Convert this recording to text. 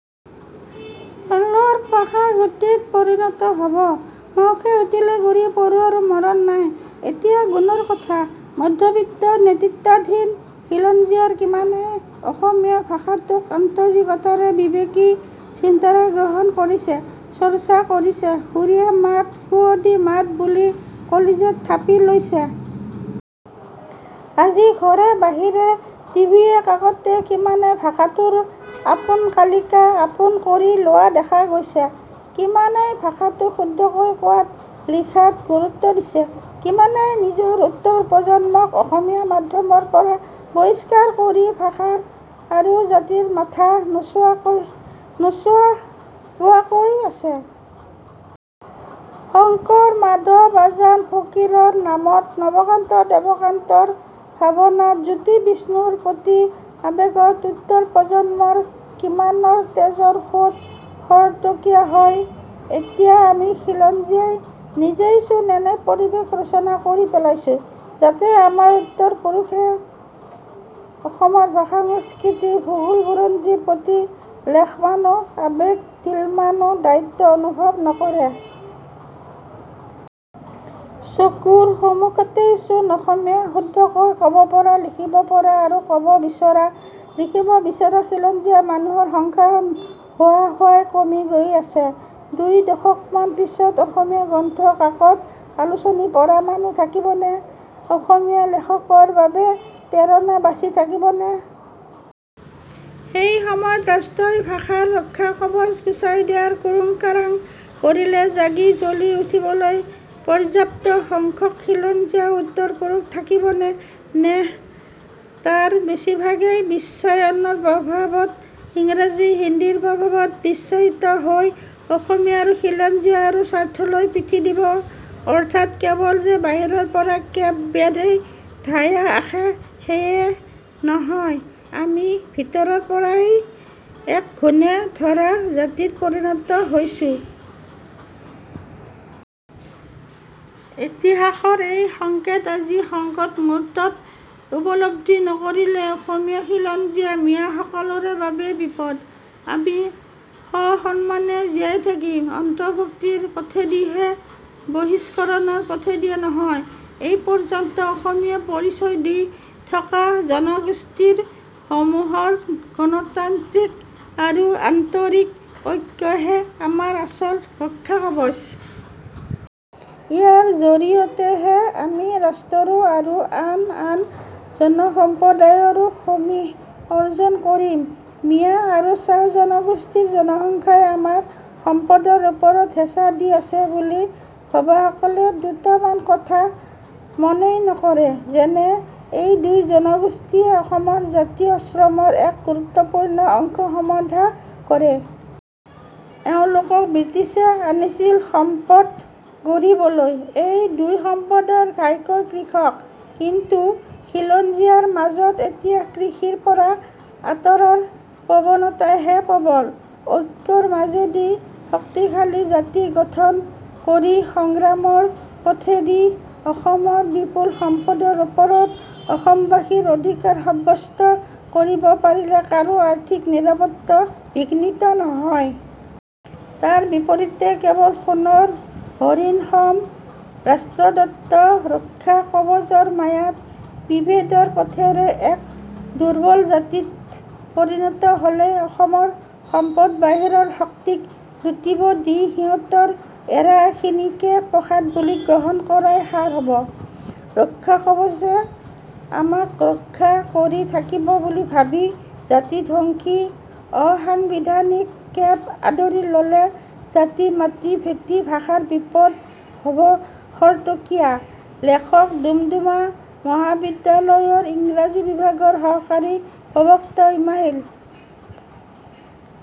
খেলৰ পাশাগুটিত পৰিণত হব। মাউখে উটিলে গুৰি পৰুৱাৰো মৰণ নাই। এতিয়া গুণৰ কথা। মধ্যবিত্ত নেতৃত্বাধীন খিলঞ্জীয়াৰ কিমানে অসমীয়া ভাষাটোক আন্তৰিকতাৰে বিবেকী চিন্তাৰে গ্ৰহণ কৰিছে, চৰ্চা কৰিছে, সুৰীয়া মাত, সুৱদী মাত বুলি কলিজাত থাপি লৈছে? আজি ঘৰে-বাহিৰে, টিভিয়ে-কাকতে কিমানে ভাষাটোৰ আপোন কালিকা আপোন কৰি লোৱা দেখা গৈছে? কিমানে ভাষাটো শুদ্ধকৈ কোৱাত, লিখাত গুৰুত্ব দিছে? কিমানে নিজৰ উত্তৰ প্ৰজন্মক অসমীয়া মাধ্যমৰ পৰা বহিষ্কাৰ কৰি ভাষাৰ আৰু জাতিৰ মাথা নোচোবোৱাকৈ আছে? শংকৰ-মাধৱ, আজান ফকীৰৰ নামত, নৱকান্ত-দেৱকান্তৰ ভাৱনাত, জ্যোতি-বিষ্ণুৰ প্ৰতি আবেগত উত্তৰ প্ৰজন্মৰ কিমানৰ তেজৰ সোঁত খৰতকীয়া হয়? এতিয়া আমি খিলঞ্জীয়াই নিজেইচোন এনে পৰিৱেশ ৰচনা কৰি পেলাইছোঁ যাতে আমাৰ উত্তৰ পুৰুষে অসমৰ ভাষা, সংস্কৃতি, ভূগোল, বুৰঞ্জীৰ প্ৰতি লেশমানো আৱেগ, তিলমানো দায়িত্ব অনুভৱ নকৰে। চকুৰ সমুখতেইচোন অসমীয়া শুদ্ধকৈ কবপৰা, লিখিব পৰা আৰু কব বিচৰা, লিখিব বিচৰা খিলঞ্জীয়া মানুহৰ সংখ্যা হোহোৱাই কমি গৈ আছে। দুই দশকমান পিছত অসমীয়া গ্ৰন্থ, কাকত, আলোচনী পঢ়া মানুহ থাকিবনে? অসমীয়া লেখকৰ বাবে প্ৰেৰণা বাচি থাকিবনে? সেই সময়ত ৰাষ্ট্ৰই ভাষাৰ ৰক্ষাকৱচ গুচাই দিয়াৰ কুৰুংকাৰাং কৰিলে জাগি-জ্বলি উঠিবলৈ পৰ্যাপ্ত সংখ্যক খিলঞ্জীয়া উত্তৰ পুৰুষ থাকিবনে নে তাৰ বেছিভাগেই বিশ্বায়নৰ প্ৰভাৱত ইংৰাজী-হিন্দীৰ প্ৰভাৱত বিশ্বায়িত হৈ অসমীয়াৰো খিলঞ্জীয়াৰো স্বাৰ্থলৈ পিঠি দিব? অৰ্থাৎ কেৱল যে বাহিৰৰপৰা কেব ব্যাধেই ধায়া আসে সেয়া নহয়, আমি ভিতৰৰ পৰাও এক ঘূণে ধৰা জাতিত পৰিণত হৈছোঁ। ইতিহাসৰ এই সংকেত আজিৰ সংকট মুহূৰ্তত উপলব্ধি নকৰিলে অসমীয়া, খিলঞ্জীয়া, মিঞা সকলোৰে বাবেই বিপদ। আমি সসন্মানে জীয়াই থাকিম অন্তৰ্ভুক্তিৰ পথেদিহে, বহিষ্কৰণৰ পথেদি নহয়। এই পৰ্যন্ত অসমীয়া পৰিচয় দি থকা জনগোষ্ঠীসমূহৰ গণতান্ত্ৰিক আৰু আন্তৰিক ঐক্যহে আমাৰ আচল ৰক্ষাকৱচ। ইয়াৰ জৰিয়তেহে আমি ৰাষ্ট্ৰৰো আৰু আন আন জনসম্প্ৰদায়ৰো সমীহ অৰ্জন কৰিম। মিঞা আৰু চাহ জনগোষ্ঠীৰ জনসংখ্যাই আমাৰ সম্পদৰ ওপৰত হেঁচা দি আছে বুলি ভবাসকলে দুটামান কথা মনেই নকৰে। যেনে: এই দুই জনগোষ্ঠীয়ে অসমৰ জাতীয় শ্ৰমৰ এক গুৰুত্বপুৰ্ণ অংশ সমাধা কৰে। এওঁলোকক ব্ৰিটিছে আনিছিল সম্পদ গঢ়িবলৈ। এই দুই সম্প্ৰদায় ঘাইকৈ কৃষক। কিন্তু খিলঞ্জীয়াৰ মাজত এতিয়া কৃষিৰ পৰা আঁতৰাৰ প্ৰৱণতাহে প্ৰবল। ঐক্যৰ মাজেদি শক্তিশালী জাতি গঠন কৰি সংগ্ৰামৰ পথেদি অসমৰ বিপুল সম্পদৰ ওপৰত অসমবাসীৰ অধিকাৰ সাব্যস্ত কৰিব পাৰিলে কাৰো আৰ্থিক নিৰাপত্তা বিঘ্নিত নহয়। তাৰ বিপৰীতে কেৱল সোণৰ হৰিণসম ৰাষ্ট্ৰদত্ত ৰক্ষাকৱচৰ মায়াত বিভেদৰ পথেৰে এক দুৰ্বল জাতিত পৰিণত হলে অসমৰ সম্পদ বাহিৰৰ শক্তিক লুটিব দি সিহঁতৰ এৰেহাখিনিকে প্ৰসাদ বুলি গ্ৰহণ কৰাই সাৰ হব। ৰক্ষাকৱচে আমাক ৰক্ষা কৰি থাকিব বুলি ভাবি জাতিধ্বংসী অসাংবিধানিক কেব আদৰি ললে জাতি, মাটি, ভেটি, ভাষাৰ বিপদ হব খৰতকীয়া। লেখক ডুমডুমা মহাবিদ্যালয়ৰ ইংৰাজী বিভাগৰ সহকাৰী প্ৰবক্তা ইমেইল।